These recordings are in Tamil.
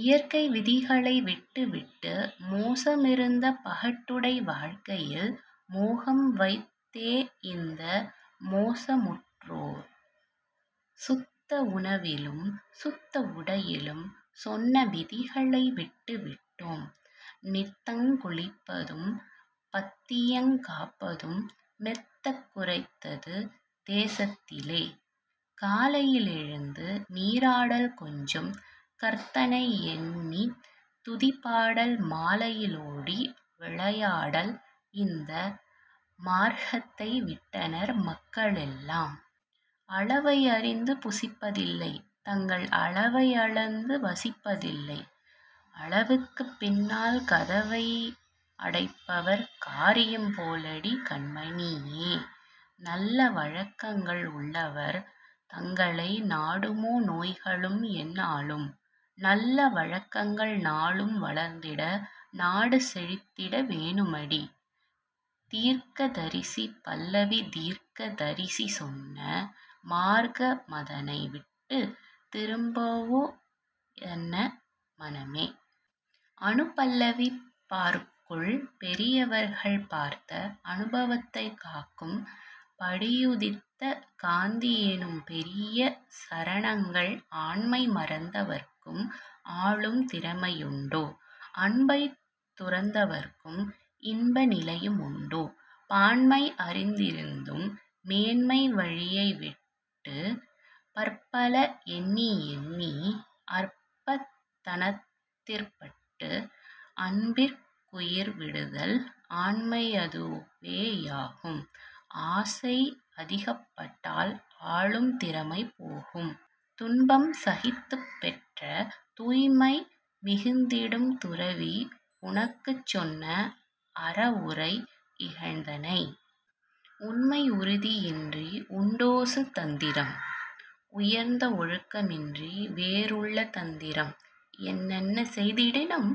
இயற்கை விதிகளை விட்டுவிட்டு மோச மிருந்த பகட்டுடை வாழ்க்கையில் மோகம்வைத் தேஇந்த மோசமுற்றோம்! சுத்த உணவிலும் சுத்த உடையிலும் சொன்ன விதிகளை விட்டு விட்டோம்; நித்தங் குளிப்பதும் பத்தியங் காப்பதும் மெத்தக் குறைந்தது தேசத்திலே. காலையி லெழுந்து நீராடல் கொஞ்சம் கர்த்தனை யெண்ணித் துதிபாடல் மாலையி லோடி விளையாடல் இந்த மார்க்கத்தை விட்டனர் மக்களெல்லாம். அளவை யறிந்து புசிப்பதில்லை தங்கள் அளவை யளந்து வசிப்பதில்லை களவுக்குப் பின்னால் கதவை அடைப்பவர் காரியம் போலடி கண்மணியே! நல்ல வழக்கங்கள் உள்ளவர் தங்களை நாடுமோ நோய்களும் எந்நாளும்? நல்ல வழக்கங்கள் நாளும் வளர்ந்திட நாடு செழித்திட வேணுமடி.. தீர்க்கதரிசி பல்லவி தீர்க்க தரிசிசொன்ன மார்க்க மதனைவிட்டுத் திரும்புவ தென்ன மனமே! அநுபல்லவி பார்க்குள் பெரியவர்கள் பார்த்த அனுபவத்தைக் காக்கும் படியுதித்த காந்தி யெனும்பெரிய சரணங்கள் ஆண்மை மறந்தவர்க்கும் ஆளும் திறமையுண்டோ? அன்பைத் துறந்தவர்க்கும் இன்ப நிலையுமுண்டோ? பான்மை அறிந்திருந்தும் மேன்மை வழியைவிட்டுப் பற்பல எண்ணிஎண்ணி அற்பத் தனத்திற்பட்டு அன்பிற் குயிர்விடுதல் ஆண்மை யதுவேயாகும்; ஆசை அதிகப்பட்டால் ஆளும் திறமைபோகும்; துன்பம் சகித்துப்பெற்ற தூய்மை மிகுந்திடும் துறவி உனக்குச்சொன்ன அறவுரை இகழ்ந்தனை. உண்மை யுறுதியின்றி உண்டோசு தந்தரம்? உயர்ந்த ஒழுக்கமின்றி வேறுள்ள தந்திரம் என்னென்ன செய்திடினும்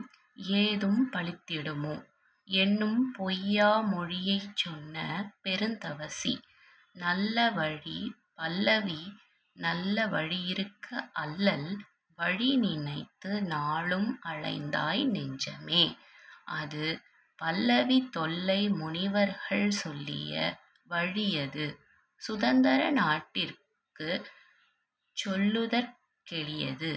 ஏதும் பலித்திடுமோ? என்னும்பொய் யாமொழியைச் சொன்ன பெருந்தவசி. நல்ல வழி பல்லவி நல்ல வழியிருக்க அல்லல் வழிநினைத்து நாளும் அலைந்தாய் நெஞ்சமே! அநுபல்லவி தொல்லை முனிவரர்கள் சொல்லிய வழியது சுதந்தர நாட்டிற்குச் சொல்லுதற் கெளியது.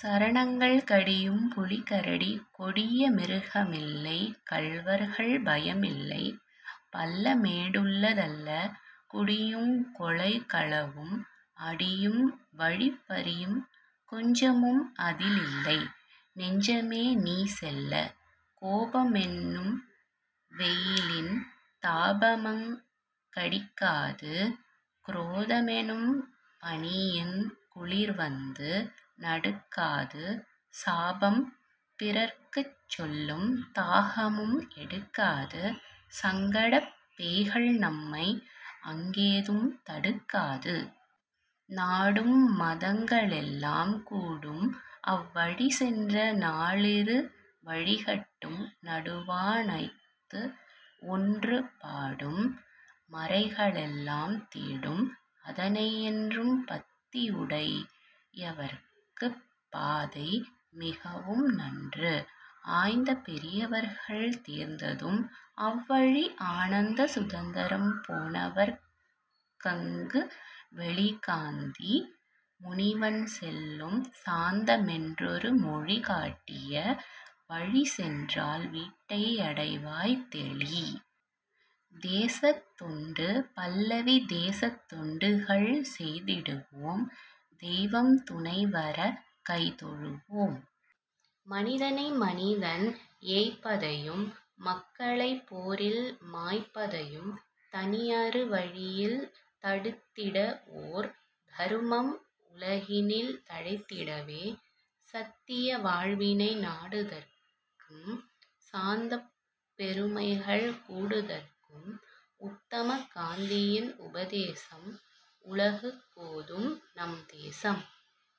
சரணங்கள் கடியும் புலிகரடி கொடிய மிருகமில்லை கள்வர்கள் பயமில்லை பள்ளம்மே டுள்ளதல்ல குடியுங் கொலைகளவும் அடியும் வழிப்பறியும் கொஞ்சமும் அதிலில்லை நெஞ்சமே நீசெல்ல. கோபமென் னும்வெயிலின் தாபமங் கடிக்காது குரோதமெ னும்பனியின் குளிர்வந்து நடுக்காது சாபம் பிறர்க்குச்சொல்லும் தாகமும் எடுக்காது சங்கடப் பேய்கள்நம்மை அங்கே தும் தடுக்காது. நாடும் மதங்களெல்லாம் கூடும்அவ் வழிசென்று நாலிரு வழிகட்கும் நடுவா னத்துவொன்று பாடும் மறைகளெல்லாம் தேடும் அதனையென்றும் பத்தி யுடையவர்க்குப் பாதை மிகவும்நன்று. ஆய்ந்த பெரியவர்கள் தேர்ந்ததும் அவ்வழி ஆனந்த சுதந்தரம் போனவர்க் கங்குவெளி காந்தி முனிவன்சொல்லும் சாந்தமென் றொருமொழி காட்டிய வழிசென்றால் வீட்டை யடைவாய்தெளி.. தேசத் தொண்டு பல்லவி தேசத் தொண்டுகள் செய்திடுவோம் தெய்வம் துணைவரக் கைதொழுவோம். மனிதனை மனிதன் ஏய்ப்பதையும் மக்களைப் போரில் மாய்ப்பதையும் தனியரு வழியில் தடுத்திடஓர் தருமம் உலகினில் தழைத்திடவே. சத்திய வாழ்வினை நாடுதற்கும் சாந்தப் பெருமைகள் கூடுதற்கும் உத்தமக் காந்தியின் உபதேசம் உலகுக் கோதும் நம்தேசம்.